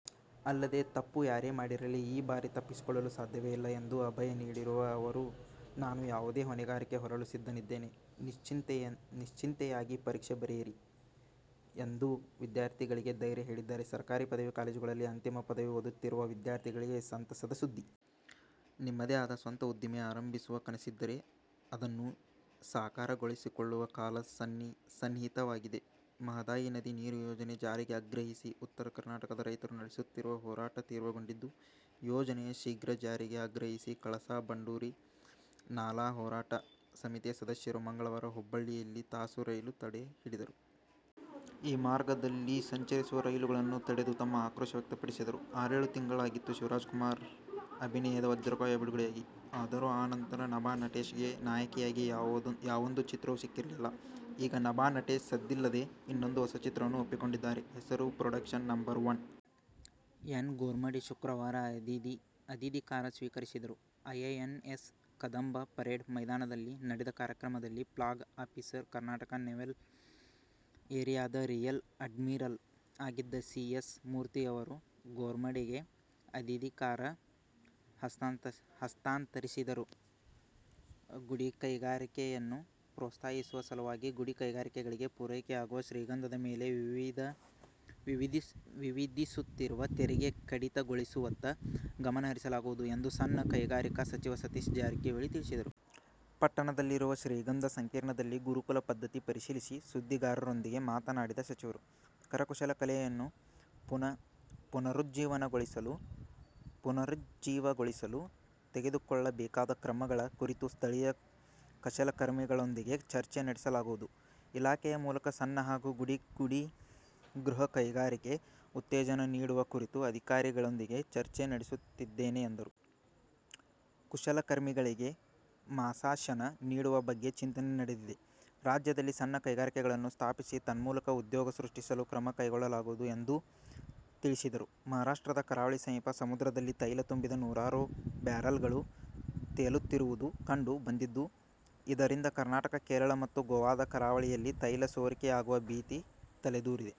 ಅಲ್ಲದೆ, ತಪ್ಪು ಯಾರೇ ಮಾಡಿರಲಿ ಈ ಬಾರಿ ತಪ್ಪಿಸಿಕೊಳ್ಳಲು ಸಾಧ್ಯವೇ ಇಲ್ಲ ಎಂದು ಅಭಯ ನೀಡಿರುವ ಅವರು, ನಾನು ಯಾವುದೇ ಹೊಣೆಗಾರಿಕೆ ಹೊರಲೂ ಸಿದ್ಧನಿದ್ದೇನೆ. ನಿಶ್ಚಿಂತೆಯಾಗಿ ಪರೀಕ್ಷೆ ಬರೆಯಿರಿ ಎಂದು ವಿದ್ಯಾರ್ಥಿಗಳಿಗೆ ಧೈರ್ಯ ಹೇಳಿದ್ದಾರೆ. ಸರ್ಕಾರಿ ಪದವಿ ಕಾಲೇಜುಗಳಲ್ಲಿ ಅಂತಿಮ ಪದವಿ ಓದುತ್ತಿರುವ ವಿದ್ಯಾರ್ಥಿಗಳಿಗೆ ಸಂತಸದ ಸುದ್ದಿ. ನಿಮ್ಮದೇ ಆದ ಸ್ವಂತ ಉದ್ದಿಮೆ ಆರಂಭಿಸುವ ಕನಸಿದ್ದರೆ ಅದನ್ನು ಸಾಕಾರಗೊಳಿಸಿಕೊಳ್ಳುವ ಕಾಲ ಸನ್ನಿಹಿತವಾಗಿದೆ. ಮಹದಾಯಿ ನದಿ ನೀರು ಯೋಜನೆ ಜಾರಿಗೆ ಆಗ್ರಹಿಸಿ ಉತ್ತರ ಕರ್ನಾಟಕದ ರೈತರು ನಡೆಸುತ್ತಿರುವ ಹೋರಾಟ ತೀವ್ರಗೊಂಡಿದ್ದು, ಯೋಜನೆಯ ಶೀಘ್ರ ಜಾರಿಗೆ ಆಗ್ರಹಿಸಿ ಕಳಸಾ-ಬಂಡೂರಿ ನಾಲಾ ಹೋರಾಟ ಸಮಿತಿಯ ಸದಸ್ಯರು ಮಂಗಳವಾರ ಹುಬ್ಬಳ್ಳಿಯಲ್ಲಿ ತಾಸು ರೈಲು ತಡೆ ನಡೆಸಿದರು. ಈ ಮಾರ್ಗದಲ್ಲಿ ಸಂಚರಿಸುವ ರೈಲುಗಳನ್ನು ತಡೆದು ತಮ್ಮ ಆಕ್ರೋಶ ವ್ಯಕ್ತಪಡಿಸಿದರು. ಆರೇಳು ತಿಂಗಳಾಗಿತ್ತು ಶಿವರಾಜಕುಮಾರ್ ಅಭಿನಯದ "ವಜ್ರಕಾಯ' ಬಿಡುಗಡೆಯಾಗಿ. ಆದರೂ ಆ ನಂತರ ನಭಾ ನಟೇಶ್ಗೆ ನಾಯಕಿಯಾಗಿ ಯಾವೊಂದು ಚಿತ್ರವೂ ಸಿಕ್ಕಿರಲಿಲ್ಲ. ಈಗ ನಭಾ ನಟೇಶ್ ಸದ್ದಿಲ್ಲದೆ ಇನ್ನೊಂದು ಹೊಸ ಚಿತ್ರವನ್ನು ಒಪ್ಪಿಕೊಂಡಿದ್ದಾರೆ. ಹೆಸರು "production number one'. N. Gormade ಶುಕ್ರವಾರ ಅಧಿಧಿಕಾರ ಸ್ವೀಕರಿಸಿದರು. ಐಎನ್ಎಸ್ ಕದಂಬ ಪರೇಡ್ ಮೈದಾನದಲ್ಲಿ ನಡೆದ ಕಾರ್ಯಕ್ರಮದಲ್ಲಿ ಫ್ಲಾಗ್ ಆಫೀಸರ್, ಕರ್ನಾಟಕ ನೇವಲ್ ಏರಿಯಾದ ರಿಯರ್ ಅಡ್ಮಿರಲ್ ಆಗಿದ್ದ ಸಿ. ಎಸ್. ಮೂರ್ತಿ ಅವರು ಗೋರ್ಮಡೆಗೆ ಅಧಿಧಿಕಾರ ಹಸ್ತಾಂತರಿಸಿದರು. ಗುಡಿಕೈಗಾರಿಕೆಯನ್ನು ಪ್ರೋತ್ಸಾಹಿಸುವ ಸಲುವಾಗಿ ಗುಡಿಕೈಗಾರಿಕೆಗಳಿಗೆ ಪೂರೈಕೆಯಾಗುವ ಶ್ರೀಗಂಧದ ಮೇಲೆ ವಿಧಿಧಿಸುತ್ತಿರುವ ತೆರಿಗೆ ಕಡಿತಗೊಳಿಸುವತ್ತ ಗಮನ ಹರಿಸಲಾಗುವುದು ಎಂದು ಸಣ್ಣ ಕೈಗಾರಿಕಾ ಸಚಿವ ಸತೀಶ್ ಜಾರಕಿಹೊಳಿ ತಿಳಿಸಿದರು. ಪಟ್ಟಣದಲ್ಲಿರುವ ಶ್ರೀಗಂಧ ಸಂಕೀರ್ಣದಲ್ಲಿ ಗುರುಕುಲ ಪದ್ಧತಿ ಪರಿಶೀಲಿಸಿ ಸುದ್ದಿಗಾರರೊಂದಿಗೆ ಮಾತನಾಡಿದ ಸಚಿವರು, ಕರಕುಶಲ ಕಲೆಯನ್ನು ಪುನರುಜ್ಜೀವಗೊಳಿಸಲು ತೆಗೆದುಕೊಳ್ಳಬೇಕಾದ ಕ್ರಮಗಳ ಕುರಿತು ಸ್ಥಳೀಯ ಕುಶಲಕರ್ಮಿಗಳೊಂದಿಗೆ ಚರ್ಚೆ ನಡೆಸಲಾಗುವುದು. ಇಲಾಖೆಯ ಮೂಲಕ ಸಣ್ಣ ಹಾಗೂ ಗುಡಿ, ಗೃಹ ಕೈಗಾರಿಕೆ ಉತ್ತೇಜನ ನೀಡುವ ಕುರಿತು ಅಧಿಧಿಕಾರಿಗಳೊಂದಿಗೆ ಚರ್ಚೆ ನಡೆಸುತ್ತಿದ್ದೇನೆ ಎಂದರು. ಕುಶಲಕರ್ಮಿಗಳಿಗೆ ಮಾಸಾಶನ ನೀಡುವ ಬಗ್ಗೆ ಚಿಂತನೆ ನಡೆದಿದೆ. ರಾಜ್ಯದಲ್ಲಿ ಸಣ್ಣ ಕೈಗಾರಿಕೆಗಳನ್ನು ಸ್ಥಾಪಿಸಿ, ತನ್ಮೂಲಕ ಉದ್ಯೋಗ ಸೃಷ್ಟಿಸಲು ಕ್ರಮ ಕೈಗೊಳ್ಳಲಾಗುವುದು ಎಂದು ತಿಳಿಸಿದರು. ಮಹಾರಾಷ್ಟ್ರದ ಕರಾವಳಿ ಸಮೀಪ ಸಮುದ್ರದಲ್ಲಿ ತೈಲ ತುಂಬಿದ ನೂರಾರು ಬ್ಯಾರಲ್ಗಳು ತೇಲುತ್ತಿರುವುದು ಕಂಡು ಬಂದಿದ್ದು, ಇದರಿಂದ ಕರ್ನಾಟಕ, ಕೇರಳ ಮತ್ತು ಗೋವಾದ ಕರಾವಳಿಯಲ್ಲಿ ತೈಲ ಸೋರಿಕೆಯಾಗುವ ಭೀತಿ ತಲೆದೋರಿದೆ.